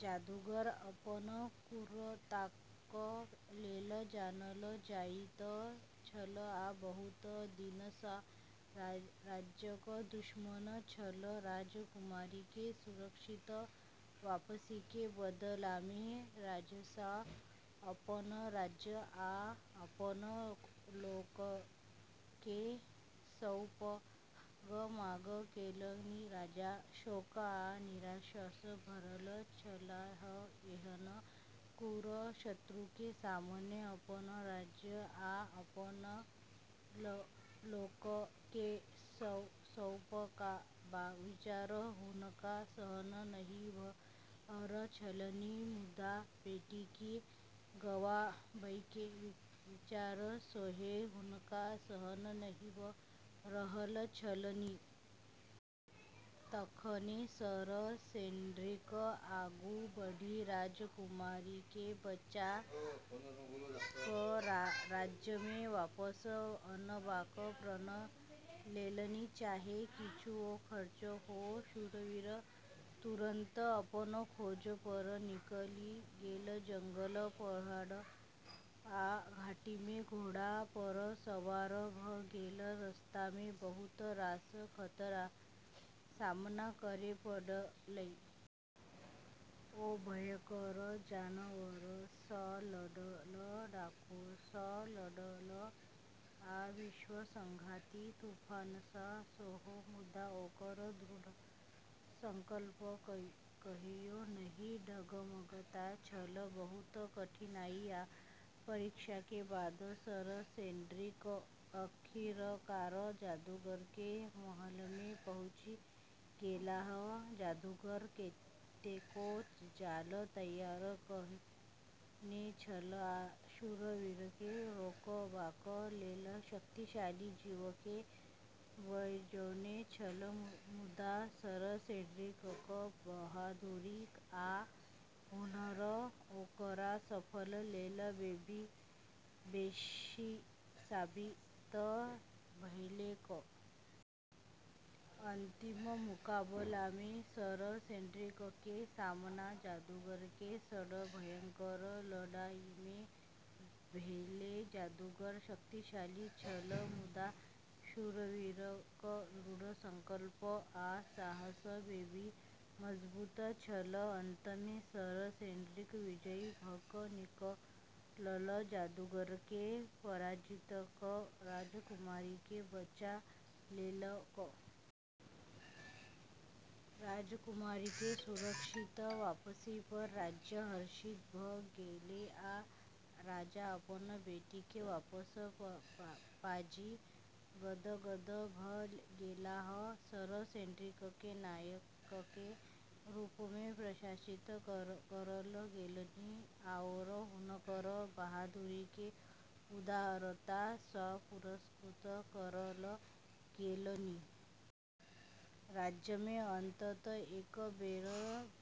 जादूगर अपन क्रूरताक लेल जानल जाइत छल आ बहुत दिनसँ राज्यक दुश्मन छल राजकुमारीके सुरक्षित वापसीके बदलामे राजासँ अपन राज्य आ अपन लोकके सौंपबाक मांग केलनि। राजा शोक आ निराशासँ भरल छलाह एहन क्रूर शत्रुके सामने अपन राज्य आ अपन लोकके सौंपबाक विचार हुनका सहन नहि भ' रहल छलनि, मुदा बेटीके गंवाबैके विचार सेहो हुनका सहन नहि भ' रहल छलनि। तखने सर सेड्रिक आगू बढ़ि राजकुमारीकेँ बचा क' राज्यमे वापस अनबाक प्रण लेलनि, चाहे किछुओ खर्च हो। शूरवीर तुरंत अपन खोज पर निकलि गेल, जंगल, पहाड़ आ घाटीमे घोड़ा पर सवार भ' गेल, रस्तामे बहुत रास खतराके सामना करै पड़लै। ओ भयंकर जानवरसँ लड़ल, डाकूसँ लड़ल आ विश्वासघाती तूफानसँ सेहो, मुदा ओकर दृढ़ संकल्प कहियो नहि डगमगाइत छल। बहुत कठिनाई आ परीक्षाके बाद सर सेड्रिक आखिरकार जादूगरके महलमे पहुँचि गेलाह। जादूगर कतेको जाल तैयार कएने छल आ शूरवीरकेँ रोकबाक लेल शक्तिशाली जीवकेँ बजौने छल, मुदा सर सेड्रिकक बहादुरी आ हुनर ओकरा सभक लेल बेशी साबित भेलैक। अंतिम मुकाबलामे सर सेड्रिकके सामना जादूगरके सङ्ग भयंकर लड़ाइमे भेलै। जादूगर शक्तिशाली छल, मुदा शूरवीरक दृढ़ संकल्प आ साहस बेशी मजबूत छल। अंतमे सर सेड्रिक विजयी भ' क' निकलल, जादूगरकेँ पराजित क' राजकुमारीकेँ बचा लेलक। राजकुमारीके सुरक्षित वापसी पर राज्य हर्षित भ' गेलै, आ राजा अपन बेटीके वापस पाबि गदगद भ' गेलाह । सर सेड्रिकके नायकके रूपमे प्रशंसित करल गेलनि आओर हुनकर बहादुरीके उदारता सँ पुरस्कृत करल गेलनि । राज्यमे अंततः एक बेर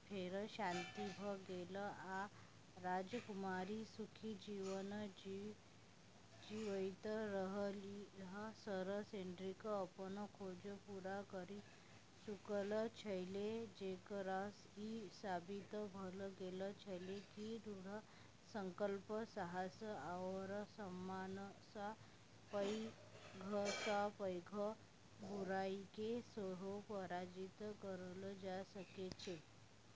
फेर शांति भ' गेल, आ राजकुमारी सुखी जीवन जीबैत रहलीह। सर सेड्रिक अपनऽ खोज पूरा करि चुकल छलै, जेकरासँ ई साबित भ' गेल छलै कि दृढ़ संकल्प, साहस आओर सम्मानसँ पैघसँ पैघ बुराइके सेहो पराजित करल जा सकै छै।